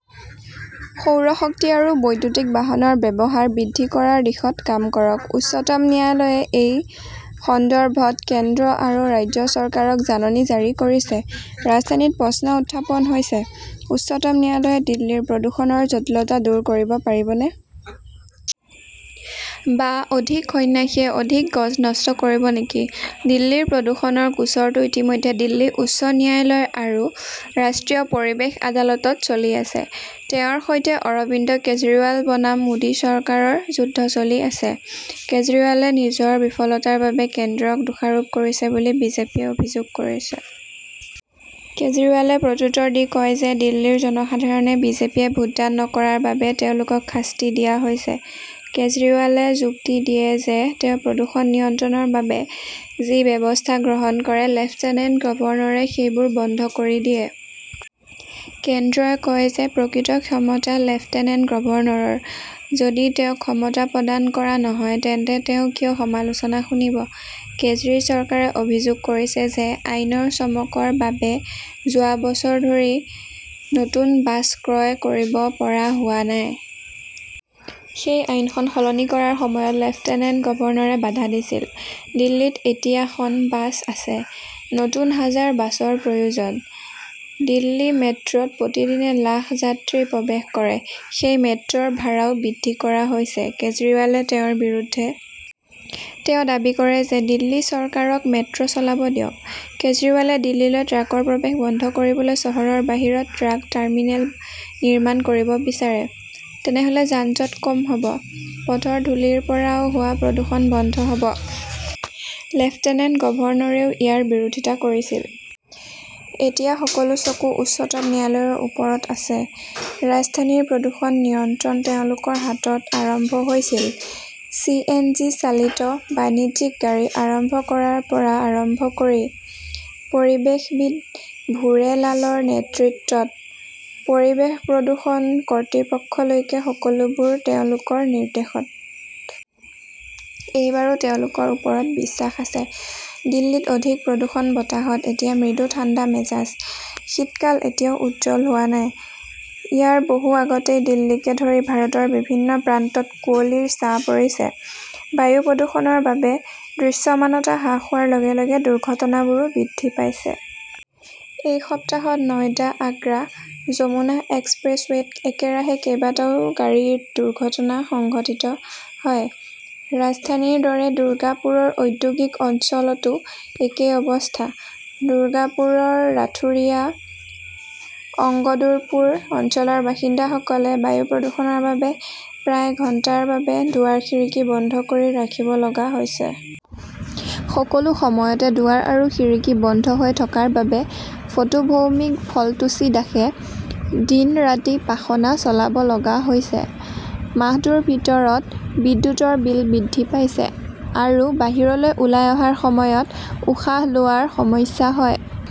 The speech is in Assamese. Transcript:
সৌৰ শক্তি আৰু বৈদ্যুতিক বাহনৰ ব্যৱহাৰ বৃদ্ধি কৰাৰ দিশত কাম কৰক। উচ্চতম ন্যায়ালয়ে এই সন্দৰ্ভত কেন্দ্ৰ আৰু ৰাজ্য চৰকাৰক জাননী জাৰি কৰিছে। ৰাজধানীত প্ৰশ্ন উত্থাপন হৈছে, উচ্চতম ন্যায়ালয়ে দিল্লীৰ প্ৰদূষণৰ জটিলতা দূৰ কৰিব পাৰিবনে? বা অধিক সন্ন্যাসীয়ে অধিক গজ নষ্ট কৰিব নেকি? দিল্লীৰ প্ৰদূষণৰ গোচৰটো ইতিমধ্যে দিল্লী উচ্চ ন্যায়ালয় আৰু ৰাষ্ট্ৰীয় পৰিৱেশ আদালতত চলি আছে। তেওঁৰ সৈতে অৰবিন্দ কেজৰিৱাল বনাম মোদী চৰকাৰৰ যুদ্ধ চলি আছে। কেজৰিৱালে নিজৰ বিফলতাৰ বাবে কেন্দ্ৰক দোষাৰোপ কৰিছে বুলি বিজেপিয়ে অভিযোগ কৰিছে। কেজৰিৱালে প্ৰত্যুত্তৰ দি কয় যে দিল্লীৰ জনসাধাৰণে বিজেপিয়ে ভোটদান নকৰাৰ বাবে তেওঁলোকক শাস্তি দিয়া হৈছে। কেজৰিৱালে যুক্তি দিয়ে যে তেওঁ প্ৰদূষণ নিয়ন্ত্ৰণৰ বাবে যি ব্যৱস্থা গ্ৰহণ কৰে, লেফটেনেণ্ট গভৰ্ণৰে সেইবোৰ বন্ধ কৰি দিয়ে। কেন্দ্ৰই কয় যে প্ৰকৃত ক্ষমতা লেফটেনেণ্ট গভৰ্ণৰৰ। যদি তেওঁক ক্ষমতা প্ৰদান কৰা নহয়, তেন্তে তেওঁ কিয় সমালোচনা শুনিব? কেজৰি-চৰকাৰে অভিযোগ কৰিছে যে আইনৰ চমকৰ বাবে যোৱা বছৰ ধৰি নতুন বাছ ক্ৰয় কৰিব পৰা হোৱা নাই। সেই আইনখন সলনি কৰাৰ সময়ত লেফটেনেণ্ট গভৰ্ণৰে বাধা দিছিল। দিল্লীত এতিয়া খন বাছ আছে। নতুন হাজাৰ বাছৰ প্ৰয়োজন। দিল্লী মেট্ৰত প্ৰতিদিনে লাখ যাত্ৰী প্ৰৱেশ কৰে। সেই মেট্ৰৰ ভাড়াও বৃদ্ধি কৰা হৈছে। কেজৰিৱালে তেওঁৰ বিৰুদ্ধে। তেওঁ দাবী কৰে যে দিল্লী চৰকাৰক মেট্ৰচলাব দিয়ক। কেজৰিৱালে দিল্লীলৈ ট্ৰাকৰ প্ৰৱেশ বন্ধ কৰিবলৈ চহৰৰ বাহিৰত ট্ৰাক টাৰ্মিনেল নিৰ্মাণ কৰিব বিচাৰে। তেনেহলে যান-জঁট কম হব। পথৰ ধূলিৰ পৰাও হোৱা প্ৰদূষণ বন্ধ হব। লেফটেনেণ্ট গভৰ্ণৰেও ইয়াৰ বিৰোধিতা কৰিছিল। এতিয়া সকলো চকু উচ্চতম ন্যায়ালয়ৰ ওপৰত আছে। ৰাজধানীৰ প্ৰদূষণ নিয়ন্ত্ৰণ তেওঁলোকৰ হাতত আৰম্ভ হৈছিল। চি. এন. জি. -চালিত বাণিজ্যিক গাড়ী আৰম্ভ কৰাৰ পৰা আৰম্ভ কৰি পৰিৱেশবিদ ভুৰে লালৰ নেতৃত্বত পৰিৱেশ প্ৰদূষণ কৰ্তৃপক্ষলৈকে-সকলোবোৰ তেওঁলোকৰ নিৰ্দেশত। এইবাৰো তেওঁলোকৰ ওপৰত বিশ্বাস আছে। দিল্লীত অধিক প্ৰদূষণ বতাহত এতিয়া মৃদু ঠাণ্ডা মেজাজ। শীতকাল এতিয়াও উজ্জ্বল হোৱা নাই। ইয়াৰ বহু আগতেই দিল্লীকে ধৰি ভাৰতৰ বিভিন্ন প্ৰান্তত কুঁৱলীৰ ছাঁ পৰিছে। বায়ু প্ৰদূষণৰ বাবে দৃশ্যমানতা হ্ৰাস হোৱাৰ লগে-লগে দুৰ্ঘটনাবোৰো বৃদ্ধি পাইছে। এই সপ্তাহত নয়ডা-আগ্ৰা যমুনা এক্সপ্ৰেছৱেত একেৰাহে কেইবাটাও গাড়ীত দুৰ্ঘটনা সংঘটিত হয়। ৰাজধানীৰ দৰে দুৰ্গাপুৰৰ ঔদ্যোগিক অঞ্চলতো একেই অৱস্থা। দুৰ্গাপুৰৰ ৰাথুৰিয়া, অঙ্গদুৰপুৰ অঞ্চলৰ বাসিন্দাসকলে বায়ু প্ৰদূষণৰ বাবে প্ৰায় ঘণ্টাৰ বাবে দুৱাৰ-খিৰিকী বন্ধ কৰি ৰাখিব লগা হৈছে। সকলো সময়তে দুৱাৰ আৰু খিৰিকী বন্ধ হৈ থকাৰ বাবে ফটো ভৌমিক, ফলটুচি দাসে দিন-ৰাতি পাখনা চলাব লগা হৈছে। মাহটোৰ ভিতৰত বিদ্যুতৰ বিল বৃদ্ধি পাইছে। আৰু বাহিৰলৈ ওলাই অহাৰ সময়ত উশাহ লোৱাৰ সমস্যা হয়।